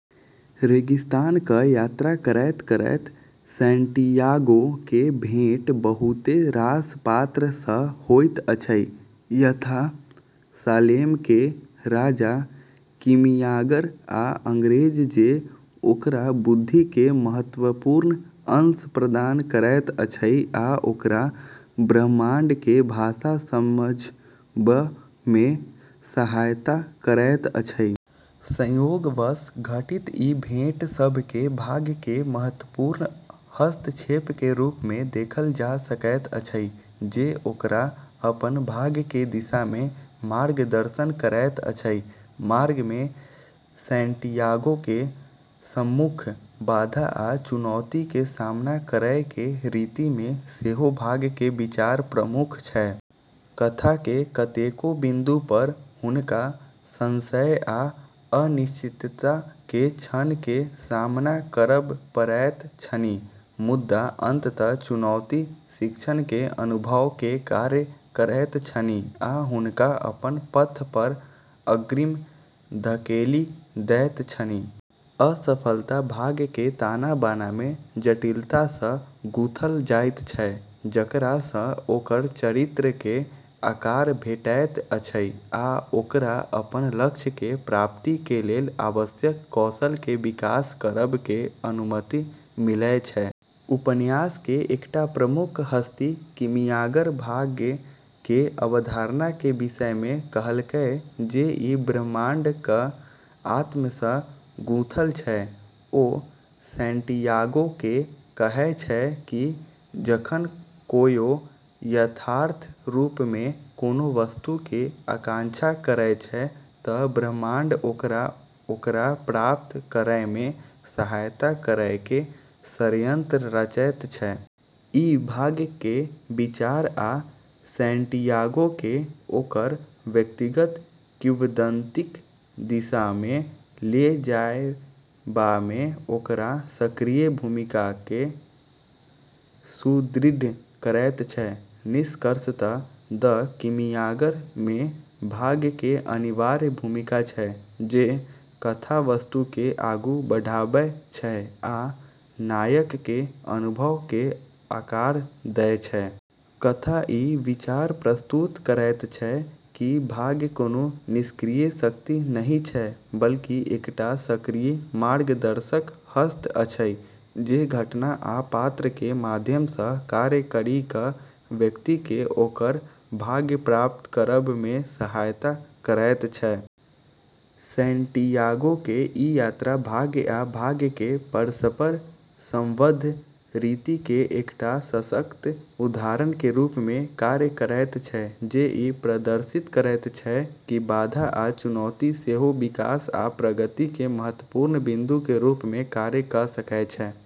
रेगिस्तानक यात्रा करैत-करैत सैंटियागो के भेंट बहुते रास पात्र सँ होइत अछि, यथा सालेम के राजा, कीमियागर, आ अंग्रेज, जे ओकरा बुद्धि के महत्त्वपूर्ण अंश प्रदान करैत अछि आ ओकरा ब्रह्मांड के भाषा समझब में सहायता करैत अछि। संयोगवश घटित ई भेंट सभ केँ भाग्य के महत्त्वपूर्ण हस्तक्षेप के रूप में देखल जा सकैत अछि, जे ओकरा अपन भाग्य के दिशा में मार्गदर्शन करैत अछि। मार्ग में सैंटियागो के सम्मुख बाधा आ चुनौती के सामना करै के रीति में सेहो भाग्य के विचार प्रमुख छै। कथा के कतेकौ बिंदु पर हुनका संशय आ अनिश्चितता के क्षण के सामना करब पड़ैत छनि, मुदा अंततः चुनौती शिक्षण के अनुभव के कार्य करैत छनि आ हुनका अपन पथ पर अग्रिम धकेलि दैत छनि। असफलता भाग्य के ताना-बाना में जटिलता सँ गूँथल जाइत छै, जकरा सँ ओकर चरित्र के आकार भेटैत अछि आ ओकरा अपन लक्ष्य के प्राप्ति के लेल आवश्यक कौशल के विकास करब के अनुमति मिलै छै। उपन्यास के एकटा प्रमुख हस्ती कीमियागर भाग्य के अवधारणा के विषय मे कहलकै जे ई ब्रह्मांडक आत्मासँ गुंथल छै। ओ सैंटियागोकेँ कहै छै कि जखन कोयो यथार्थ रूप में कोनो वस्तु के आकांक्षा करै छै तँ ब्रह्मांड ओकरा ओकरा प्राप्त करयमे सहायता करयके षड्यंत्र रचैत छै। ई भाग्य के विचार आ सैंटियागो के ओकर व्यक्तिगत किंवदंतीक दिशामे ले जयबामे ओकर सक्रिय भूमिकाकेँ सुदृढ़ करैत छै। निष्कर्षतः "द कीमियागर" में भाग्य के अनिवार्य भूमिका छै, जे कथा वस्तु के आगू बढ़ाबै छै आ नायक के अनुभव के आकार दै छै। कथा ई विचार प्रस्तुत करैत छै कि भाग्य कोनो निष्क्रिय शक्ति नहि छै, बल्कि एकटा सक्रिय मार्गदर्शक हस्त अछि, जे घटना आ पात्र के माध्यम सँ कार्य करि कऽ व्यक्ति के ओकर भाग्य प्राप्त करब में सहायता करैत छै। सैंटियागो के ई यात्रा भाग्य आ भाग्य के परस्पर संबद्ध रीति के एकटा सशक्त उदाहरण के रूप में कार्य करैत छै, जे ई प्रदर्शित करैत छै कि बाधा आ चुनौती सेहो विकास आ प्रगति के महत्त्वपूर्ण बिंदु के रूप मे कार्य कऽ सकै छै।